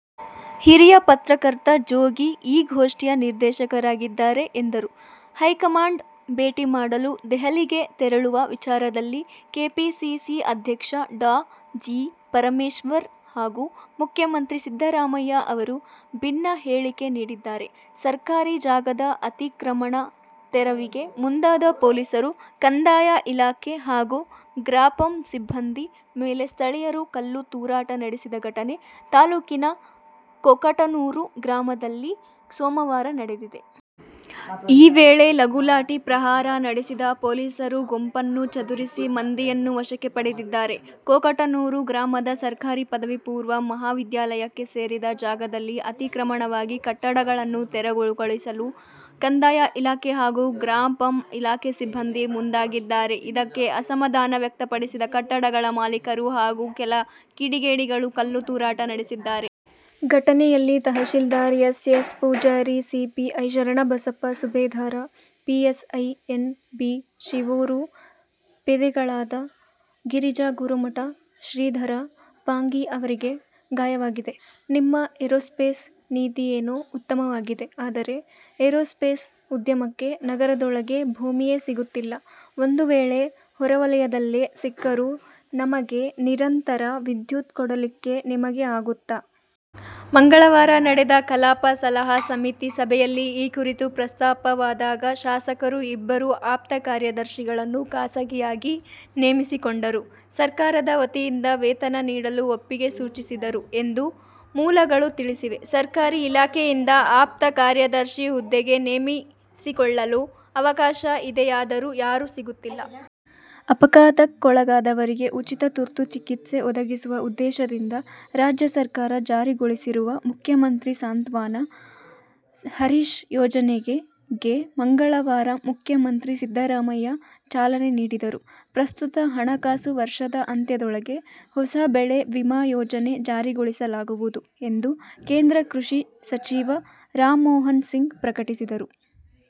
ಹಿರಿಯ ಪತ್ರಕರ್ತ ಜೋಗಿ ಈ ಗೋಷ್ಠಿಯ ನಿರ್ದೇಶಕರಾಗಿದ್ದಾರೆ ಎಂದರು. ಹೈಕಮಾಂಡ್ ಭೇಟಿ ಮಾಡಲು ದೆಹಲಿಗೆ ತೆರಳುವ ವಿಚಾರದಲ್ಲಿ ಕೆಪಿಸಿಸಿ ಅಧ್ಯಕ್ಷ ಡಾ. ಜಿ. ಪರಮೇಶ್ವರ್ ಹಾಗೂ ಮುಖ್ಯಮಂತ್ರಿ ಸಿದ್ದರಾಮಯ್ಯ ಅವರು ಭಿನ್ನ ಹೇಳಿಕೆ ನೀಡಿದ್ದಾರೆ. ಸರ್ಕಾರಿ ಜಾಗದ ಅತಿಕ್ರಮಣ ತೆರವಿಗೆ ಮುಂದಾದ ಪೊಲೀಸರು, ಕಂದಾಯ ಇಲಾಖೆ ಹಾಗೂ ಗ್ರಾಪಂ ಸಿಬ್ಬಂದಿ ಮೇಲೆ ಸ್ಥಳೀಯರು ಕಲ್ಲು ತೂರಾಟ ನಡೆಸಿದ ಘಟನೆ ತಾಲೂಕಿನ ಕೊಕಟನೂರ ಗ್ರಾಮದಲ್ಲಿ ಸೋಮವಾರ ನಡೆದಿದೆ. ಈ ವೇಳೆ ಲಘು ಲಾಠಿ ಪ್ರಹಾರ ನಡೆಸಿದ ಪೊಲೀಸರು ಗುಂಪನ್ನು ಚದುರಿಸಿ, ಮಂದಿಯನ್ನು ವಶಕ್ಕೆ ಪಡೆದಿದ್ದಾರೆ. ಕೊಕಟನೂರು ಗ್ರಾಮದ ಸರ್ಕಾರಿ ಪದವಿ ಪೂರ್ವ ಮಹಾವಿದ್ಯಾಲಯಕ್ಕೆ ಸೇರಿದ ಜಾಗದಲ್ಲಿ ಅತಿಕ್ರಮಣವಾಗಿ ಕಟ್ಟಡಗಳನ್ನು ತೆರವುಗೊಳಿಸಲು ಕಂದಾಯ ಇಲಾಖೆ ಹಾಗೂ ಗ್ರಾಪಂ ಇಲಾಖೆ ಸಿಬ್ಬಂದಿ ಮುಂದಾಗಿದ್ದಾರೆ. ಇದಕ್ಕೆ ಅಸಮಾಧಾನ ವ್ಯಕ್ತಪಡಿಸಿದ ಕಟ್ಟಡಗಳ ಮಾಲೀಕರು ಹಾಗೂ ಕೆಲ ಕಿಡಿಗೇಡಿಗಳು ಕಲ್ಲು ತೂರಾಟ ನಡೆಸಿದ್ದಾರೆ. ಘಟನೆಯಲ್ಲಿ tahsildar S. S. Pujari, CPI Sharanabasappa ಸುಬೇದಾರ, ಪಿಎಸ್ಐ ಎನ್. ಬಿ. ಶಿವೂರ, ಪೇದೆಗಳಾದ ಗಿರಿಜಾ ಗುರುಮಠ, ಶ್ರೀಧರ ಪಾಂಗಿ ಅವರಿಗೆ ಗಾಯವಾಗಿದೆ. ನಿಮ್ಮ ಏರೋಸ್ಪೇಸ್ ನೀತಿಯೇನೋ ಉತ್ತಮವಾಗಿದೆ. ಆದರೆ, ಏರೋಸ್ಪೇಸ್ ಉದ್ಯಮಕ್ಕೆ ನಗರದೊಳಗೆ ಭೂಮಿಯೇ ಸಿಗುತ್ತಿಲ್ಲ. ಒಂದು ವೇಳೆ ಹೊರವಲಯದಲ್ಲೇ ಸಿಕ್ಕರೂ ನಮಗೆ ನಿರಂತರ ವಿದ್ಯುತ್ ಕೊಡಲಿಕ್ಕೆ ನಿಮಗೆ ಆಗುತ್ತಾ? ಮಂಗಳವಾರ ನಡೆದ ಕಲಾಪ ಸಲಹಾ ಸಮಿತಿ ಸಭೆಯಲ್ಲಿ ಈ ಕುರಿತು ಪ್ರಸ್ತಾಪವಾದಾಗ, ಶಾಸಕರು ಇಬ್ಬರು ಆಪ್ತ ಕಾರ್ಯದರ್ಶಿಗಳನ್ನು ಖಾಸಗಿಯಾಗಿ ನೇಮಿಸಿಕೊಂಡರೂ ಸರ್ಕಾರದ ವತಿಯಿಂದ ವೇತನ ನೀಡಲು ಒಪ್ಪಿಗೆ ಸೂಚಿಸಿದರು ಎಂದು ಮೂಲಗಳು ತಿಳಿಸಿವೆ. ಸರ್ಕಾರಿ ಇಲಾಖೆಯಿಂದ ಆಪ್ತ ಕಾರ್ಯದರ್ಶಿ ಹುದ್ದೆಗೆ ನೇಮಿಸಿಕೊಳ್ಳಲು ಅವಕಾಶ ಇದೆಯಾದರೂ ಯಾರೂ ಸಿಗುತ್ತಿಲ್ಲ. ಅಪಘಾತಕ್ಕೊಳಗಾದವರಿಗೆ ಉಚಿತ ತುರ್ತು ಚಿಕಿತ್ಸೆ ಒದಗಿಸುವ ಉದ್ದೇಶದಿಂದ ರಾಜ್ಯ ಸರ್ಕಾರ ಜಾರಿಗೊಳಿಸಿರುವ "ಮುಖ್ಯಮಂತ್ರಿ ಸಾಂತ್ವನ ಹರೀಶ್ ಯೋಜನೆಗೆ"ಗೆ ಮಂಗಳವಾರ ಮುಖ್ಯಮಂತ್ರಿ ಸಿದ್ದರಾಮಯ್ಯ ಚಾಲನೆ ನೀಡಿದರು. ಪ್ರಸ್ತುತ ಹಣಕಾಸು ವರ್ಷದ ಅಂತ್ಯದೊಳಗೆ ಹೊಸ ಬೆಳೆ ವಿಮಾ ಯೋಜನೆ ಜಾರಿಗೊಳಿಸಲಾಗುವುದು ಎಂದು ಕೇಂದ್ರ ಕೃಷಿ ಸಚಿವ ರಾಧಾಮೋಹನ್ ಸಿಂಗ್ ಪ್ರಕಟಿಸಿದರು.